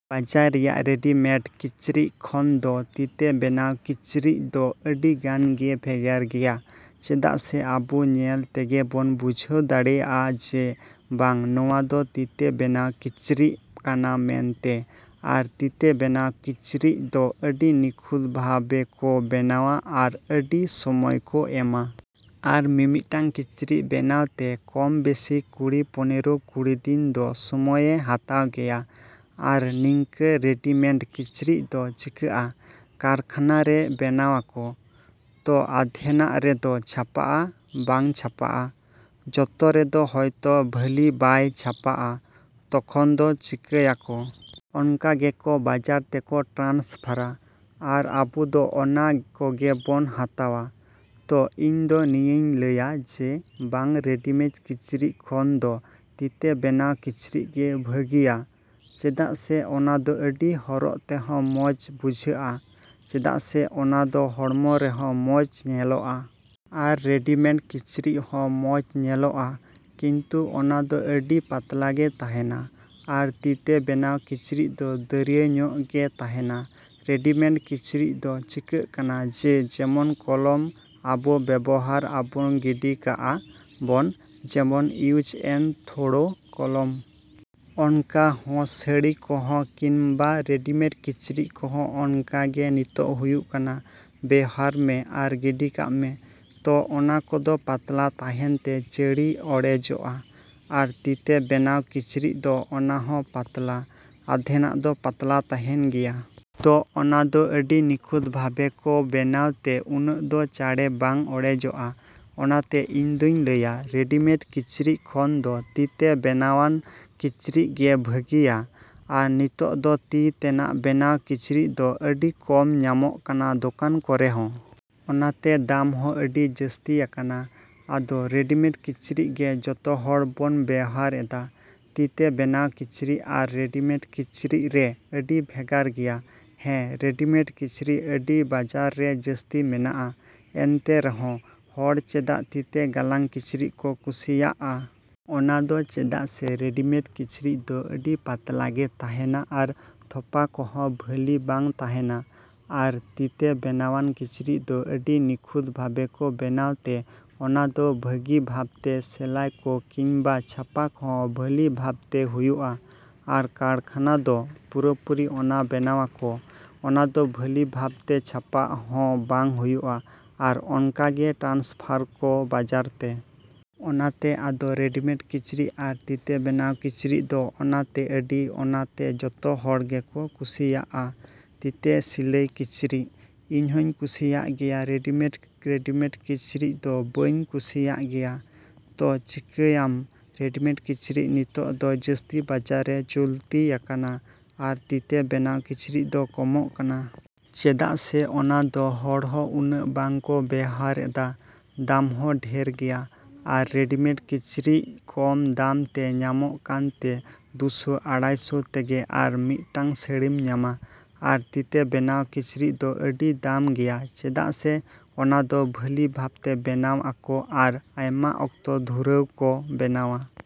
ᱵᱟᱡᱟᱨ ᱨᱮᱭᱟᱜ ᱨᱮᱰᱤᱢᱮᱰ ᱠᱤᱪᱨᱤᱡᱽ ᱠᱷᱚᱱᱫᱚ ᱛᱤᱛᱮ ᱵᱮᱱᱟᱣ ᱠᱤᱪᱨᱤᱡᱽᱫᱚ ᱟᱹᱰᱤᱜᱟᱱ ᱜᱮ ᱵᱷᱮᱜᱟᱨ ᱜᱮᱭᱟ᱾ ᱪᱮᱫᱟᱜ ᱥᱮ ᱟᱵᱚ ᱧᱮᱞ ᱛᱮᱜᱮᱵᱚᱱ ᱵᱩᱡᱷᱟᱹᱣ ᱫᱟᱲᱮᱭᱟᱜᱼᱟ ᱡᱮ ᱵᱟᱝ ᱱᱚᱣᱟᱫᱚ ᱛᱤᱛᱮ ᱵᱮᱱᱟᱣ ᱠᱤᱪᱨᱤᱡᱽ ᱠᱟᱱᱟ ᱢᱮᱱᱛᱮ᱾ ᱟᱨ ᱛᱤᱛᱮ ᱵᱮᱱᱟᱣ ᱠᱤᱪᱨᱤᱡᱽ ᱫᱚ ᱟᱹᱰᱤ ᱱᱤᱠᱷᱩᱛ ᱵᱷᱟᱵᱮᱠᱚ ᱵᱮᱱᱟᱣᱟ ᱟᱨ ᱟᱹᱰᱤ ᱥᱚᱢᱚᱭᱠᱚ ᱮᱢᱟ᱾ ᱟᱨ ᱢᱤ-ᱢᱤᱫᱴᱟᱝ ᱠᱤᱪᱨᱤᱡᱽ ᱵᱮᱱᱟᱣᱛᱮ ᱠᱚᱢ ᱵᱮᱥᱤ ᱠᱩᱲᱤ ᱯᱚᱱᱮᱨᱚ ᱠᱩᱲᱤᱫᱤᱱ ᱫᱚ ᱥᱚᱢᱚᱭᱮ ᱦᱟᱛᱟᱣ ᱜᱮᱭᱟ᱾ ᱟᱨ ᱱᱤᱝᱠᱟᱹ ᱨᱮᱰᱤᱢᱮᱰ ᱠᱤᱪᱨᱤᱡᱽᱫᱚ ᱪᱤᱠᱟᱹᱜᱼᱟ? ᱠᱟᱨᱠᱷᱟᱱᱟᱨᱮ ᱵᱮᱱᱟᱣᱟᱠᱚ᱾ ᱛᱚ ᱟᱫᱷᱮᱱᱟᱜ ᱨᱮᱫᱚ ᱪᱷᱟᱯᱟᱜᱼᱟ ᱵᱟᱝ ᱪᱷᱟᱯᱟᱜᱼᱟ, ᱡᱚᱛᱚ ᱨᱮᱫᱚ ᱦᱚᱭᱛᱚ ᱵᱷᱟᱹᱞᱤ ᱵᱟᱭ ᱪᱷᱟᱯᱟᱜᱼᱟ᱾ ᱛᱚᱠᱷᱚᱱᱫᱚ ᱪᱤᱠᱟᱹᱭᱟᱠᱚ? ᱚᱱᱠᱟᱜᱮᱠᱚ ᱵᱟᱡᱟᱨᱛᱮᱠᱚ ᱴᱨᱟᱱᱥᱯᱷᱟᱨᱟ᱾ ᱟᱨ ᱟᱵᱚᱫᱚ ᱚᱱᱟ ᱠᱚᱜᱮ ᱵᱚᱱ ᱦᱟᱛᱟᱣᱟ᱾ ᱛᱚ ᱤᱧᱫᱚ ᱱᱤᱭᱟᱹᱧ ᱞᱟᱹᱭᱟ ᱡᱮ ᱵᱟᱝ ᱨᱮᱰᱤᱢᱮᱰ ᱠᱤᱪᱨᱤᱡᱽ ᱠᱷᱚᱱᱫᱚ ᱛᱤᱛᱮ ᱵᱮᱱᱟᱣ ᱠᱤᱪᱨᱤᱡᱽᱜᱮ ᱵᱷᱟᱹᱜᱤᱭᱟ᱾ ᱪᱮᱫᱟᱜ ᱥᱮ ᱚᱱᱟᱫᱚ ᱟᱹᱰᱤ ᱦᱚᱨᱚᱜᱛᱮᱦᱚᱸ ᱢᱚᱡᱟ ᱵᱩᱡᱷᱟᱹᱜᱼᱟ᱾ ᱪᱮᱫᱟᱜ ᱥᱮ ᱚᱱᱟᱫᱚ ᱦᱚᱲᱢᱚᱨᱮ ᱦᱚᱸ ᱢᱚᱡᱽ ᱧᱮᱞᱚᱜᱼᱟ᱾ ᱟᱨ ᱨᱮᱰᱤᱢᱮᱰ ᱠᱤᱪᱨᱤᱡᱽᱦᱚᱸ ᱢᱚᱡᱽ ᱧᱮᱞᱚᱜᱼᱟ ᱠᱤᱱᱛᱩ ᱚᱱᱟᱫᱚ ᱟᱹᱰᱤ ᱯᱟᱛᱞᱟᱜᱮ ᱛᱟᱦᱮᱱᱟ᱾ ᱟᱨ ᱛᱤᱛᱮ ᱵᱮᱱᱟᱣ ᱠᱤᱪᱨᱤᱡᱽᱫᱚ ᱫᱟᱹᱨᱭᱟᱹᱧᱚᱜ ᱜᱮ ᱛᱟᱦᱮᱱᱟ᱾ ᱨᱮᱰᱤᱢᱮᱰ ᱠᱤᱪᱨᱤᱡᱽᱫᱚ ᱪᱤᱠᱟᱹᱜ ᱠᱟᱱᱟ ᱡᱮ ᱡᱮᱢᱚᱱ ᱠᱚᱞᱚᱢ ᱟᱵᱚ ᱵᱮᱵᱚᱦᱟᱨ ᱟᱵᱚᱱ ᱜᱤᱰᱤ ᱠᱟᱜ-ᱟ ᱵᱚᱱ, ᱡᱮᱢᱚᱱ ᱤᱭᱩᱡᱽᱼᱮᱱᱼᱛᱷᱚᱨᱳ ᱠᱚᱞᱚᱢ᱾ ᱚᱱᱠᱟᱦᱚᱸ ᱥᱟᱲᱤ ᱠᱚᱦᱚᱸ ᱠᱤᱢᱵᱟ ᱨᱮᱰᱤᱢᱮᱰ ᱠᱤᱪᱨᱤᱡᱽ ᱠᱚᱦᱚᱸ ᱚᱱᱠᱟᱜᱮ ᱱᱤᱛᱚᱜ ᱦᱩᱭᱩᱜ ᱠᱟᱱᱟ, ᱵᱮᱣᱦᱟᱨ ᱢᱮ ᱟᱨ ᱜᱤᱰᱤᱠᱟᱜ ᱢᱮ᱾ ᱛᱚ ᱚᱱᱟᱠᱚᱫᱚ ᱯᱟᱛᱞᱟ ᱛᱟᱦᱮᱱᱛᱮ ᱪᱟᱬᱮ ᱚᱲᱮᱡᱚᱜᱼᱟ᱾ ᱟᱨ ᱛᱤᱛᱮ ᱵᱮᱱᱟᱣ ᱠᱤᱪᱨᱤᱡᱽᱫᱚ ᱚᱱᱟᱦᱚᱸ ᱯᱟᱛᱞᱟ, ᱟᱫᱷᱮᱱᱟᱜ ᱫᱚ ᱯᱟᱛᱞᱟ ᱛᱟᱦᱮᱱ ᱜᱮᱭᱟ᱾ ᱛᱚ ᱚᱱᱟᱫᱚ ᱟᱹᱰᱤ ᱱᱤᱠᱷᱩᱛ ᱵᱷᱟᱵᱮᱠᱚ ᱵᱮᱱᱟᱣᱛᱮ ᱩᱱᱟᱹᱜᱫᱚ ᱪᱟᱬᱮ ᱵᱟᱝ ᱚᱲᱮᱡᱚᱜᱼᱟ᱾ ᱚᱱᱟᱛᱮ ᱤᱧᱫᱩᱧ ᱞᱟᱹᱭᱟ ᱨᱮᱰᱤᱢᱮᱰ ᱠᱤᱪᱨᱤᱡᱽ ᱠᱷᱚᱱᱫᱚ ᱛᱤᱛᱮ ᱵᱮᱱᱟᱣᱟᱜ ᱠᱤᱪᱨᱤᱡᱽᱜᱮ ᱵᱷᱟᱹᱜᱤᱭᱟ᱾ ᱟᱨ ᱱᱤᱛᱚᱜ ᱫᱚ ᱛᱤ ᱛᱮᱱᱟᱜ ᱵᱮᱱᱟᱣ ᱠᱤᱪᱨᱤᱡᱽ ᱫᱚ ᱟᱹᱰᱤ ᱠᱚᱢ ᱧᱟᱢᱚᱜ ᱠᱟᱱᱟ ᱫᱚᱠᱟᱱ ᱠᱚᱨᱮᱦᱚᱸ᱾ ᱚᱱᱟᱛᱮ ᱫᱟᱢᱦᱚᱸ ᱟᱹᱰᱤ ᱡᱟᱹᱥᱛᱤ ᱟᱠᱟᱱᱟ᱾ ᱟᱫᱚ ᱨᱮᱰᱤᱢᱮᱰ ᱠᱤᱪᱨᱤᱡᱽᱜᱮ ᱡᱚᱛᱚᱦᱚᱲ ᱵᱚᱱ ᱵᱮᱣᱦᱟᱨ ᱮᱫᱟ᱾ ᱛᱤᱛᱮ ᱵᱮᱱᱟᱣ ᱠᱤᱪᱨᱤᱡᱽ ᱟᱨ ᱨᱮᱰᱤᱢᱮᱰ ᱠᱤᱪᱨᱤᱡᱽᱨᱮ ᱟᱹᱰᱤ ᱵᱷᱮᱜᱟᱨ ᱜᱮᱭᱟ᱾ ᱦᱮᱸ, ᱨᱮᱰᱤᱢᱮᱰ ᱠᱤᱪᱨᱤᱡᱽ ᱟᱹᱰᱤ ᱵᱟᱡᱟᱨ ᱨᱮ ᱡᱟᱹᱥᱛᱤ ᱢᱮᱱᱟᱜᱼᱟ᱾ ᱮᱱᱛᱮ ᱨᱮᱦᱚᱸ ᱦᱚᱲ ᱪᱮᱫᱟᱜ ᱛᱤᱛᱮ ᱜᱟᱞᱟᱝ ᱠᱤᱪᱨᱤᱡᱽᱠᱚ ᱠᱩᱥᱤᱭᱟᱜᱼᱟ? ᱚᱱᱟᱫᱚ ᱪᱮᱫᱟᱜ ᱥᱮ ᱨᱮᱰᱤᱢᱮᱰ ᱠᱤᱪᱨᱤᱡᱽᱫᱚ ᱟᱹᱰᱤ ᱯᱟᱛᱞᱟᱜᱮ ᱛᱟᱦᱮᱱᱟ ᱟᱨ ᱛᱷᱚᱯᱟᱠᱚᱦᱚᱸ ᱵᱷᱟᱹᱞᱤ ᱵᱟᱝ ᱛᱟᱦᱮᱱᱟ᱾ ᱟᱨ ᱛᱤᱛᱮ ᱵᱮᱱᱟᱣᱟᱜ ᱠᱤᱪᱨᱤᱡᱽᱫᱚ ᱟᱹᱰᱤ ᱱᱤᱠᱷᱩᱛ ᱵᱷᱟᱵᱮᱠᱚ ᱵᱮᱱᱟᱣᱛᱮ ᱚᱱᱟᱫᱚ ᱵᱷᱟᱹᱜᱤ ᱵᱷᱟᱯᱛᱮ ᱥᱮᱞᱟᱭᱠᱚ ᱠᱤᱢᱵᱟ ᱪᱷᱟᱯᱟ ᱠᱚᱦᱚᱸ ᱵᱷᱟᱹᱞᱤ ᱵᱷᱟᱯᱛᱮ ᱦᱩᱭᱩᱜᱼᱟ᱾ ᱟᱨ ᱠᱟᱨᱠᱷᱟᱱᱟ ᱫᱚ ᱯᱩᱨᱟᱹᱯᱩᱨᱤ ᱚᱱᱟ ᱵᱮᱱᱟᱣᱟᱠᱚ, ᱚᱱᱟᱫᱚ ᱵᱷᱟᱹᱞᱤ ᱵᱷᱟᱯᱛᱮ ᱪᱷᱟᱯᱟᱦᱚᱸ ᱵᱟᱝ ᱦᱩᱭᱩᱜᱼᱟ ᱟᱨ ᱚᱱᱠᱟᱜᱮ ᱴᱨᱟᱱᱥᱯᱷᱟᱨᱟᱠᱚ ᱵᱟᱡᱟᱨᱛᱮ᱾ ᱚᱱᱟᱛᱮ ᱟᱫᱚ ᱨᱮᱰᱤᱢᱮᱰ ᱠᱤᱪᱨᱤᱡᱽ ᱟᱨ ᱛᱤᱛᱮ ᱵᱮᱱᱟᱣ ᱠᱤᱪᱨᱤᱡᱽᱫᱚ ᱚᱱᱟᱛᱮ ᱟᱹᱰᱤ ᱚᱱᱟᱛᱮ ᱡᱚᱛᱚ ᱦᱚᱲᱜᱮᱠᱚ ᱠᱩᱥᱤᱭᱟᱜ-ᱟ ᱛᱤᱛᱮ ᱥᱤᱞᱟᱭ ᱠᱤᱪᱨᱤᱡᱽ᱾ ᱤᱧᱦᱚᱸᱧ ᱠᱩᱥᱤᱭᱟᱜ ᱜᱮᱭᱟ ᱨᱮᱰᱤᱢᱮᱰ ᱨᱮᱰᱤᱢᱮᱰ ᱠᱤᱪᱨᱤᱡᱽᱫᱚ ᱵᱟᱹᱧ ᱠᱩᱥᱤᱭᱟᱜ ᱜᱮᱭᱟ᱾ ᱛᱚ ᱪᱮᱠᱟᱹᱭᱟᱢ? ᱨᱮᱰᱤᱢᱮᱰ ᱠᱤᱪᱨᱤᱡᱽ ᱱᱤᱛᱚᱜ ᱫᱚ ᱡᱟᱹᱥᱛᱤ ᱵᱟᱡᱟᱨ ᱨᱮ ᱪᱚᱞᱛᱤᱭ ᱟᱠᱟᱱᱟ ᱟᱨ ᱛᱤᱛᱮ ᱵᱮᱱᱟᱣ ᱠᱤᱪᱨᱤᱡᱽ ᱫᱚ ᱠᱚᱢᱚᱜ ᱠᱟᱱᱟ᱾ ᱪᱮᱫᱟᱜ ᱥᱮ ᱚᱱᱟᱫᱚ ᱦᱚᱲᱦᱚᱸ ᱩᱱᱟᱹᱜ ᱵᱟᱝᱠᱚ ᱵᱮᱣᱦᱟᱨ ᱮᱫᱟ, ᱫᱟᱢᱦᱚᱸ ᱰᱷᱮᱨ ᱜᱮᱭᱟ᱾ ᱟᱨ ᱨᱮᱰᱤᱢᱮᱰ ᱠᱤᱪᱨᱤᱡᱽ ᱠᱚᱢ ᱫᱟᱢᱛᱮ ᱧᱟᱢᱚᱜ ᱠᱟᱱᱛᱮ ᱫᱩᱥᱚ ᱟᱲᱟᱭᱥᱚ ᱛᱮᱜᱮ ᱟᱨ ᱢᱤᱫᱴᱟᱝ ᱥᱟᱲᱤᱢ ᱧᱟᱢᱟ᱾ ᱟᱨ ᱛᱤᱛᱮ ᱵᱮᱱᱟᱣ ᱠᱤᱪᱨᱤᱡᱽ ᱫᱚ ᱟᱹᱰᱤ ᱫᱟᱢ ᱜᱮᱭᱟ ᱪᱮᱫᱟᱜ ᱥᱮ ᱚᱱᱟᱫᱚ ᱵᱷᱟᱹᱞᱤ ᱵᱷᱟᱯᱛᱮ ᱵᱮᱱᱟᱣ ᱟᱠᱚ ᱟᱨ ᱟᱭᱢᱟ ᱚᱠᱛᱚ ᱫᱷᱩᱨᱟᱹᱣ ᱠᱚ ᱵᱮᱱᱟᱣᱟ᱾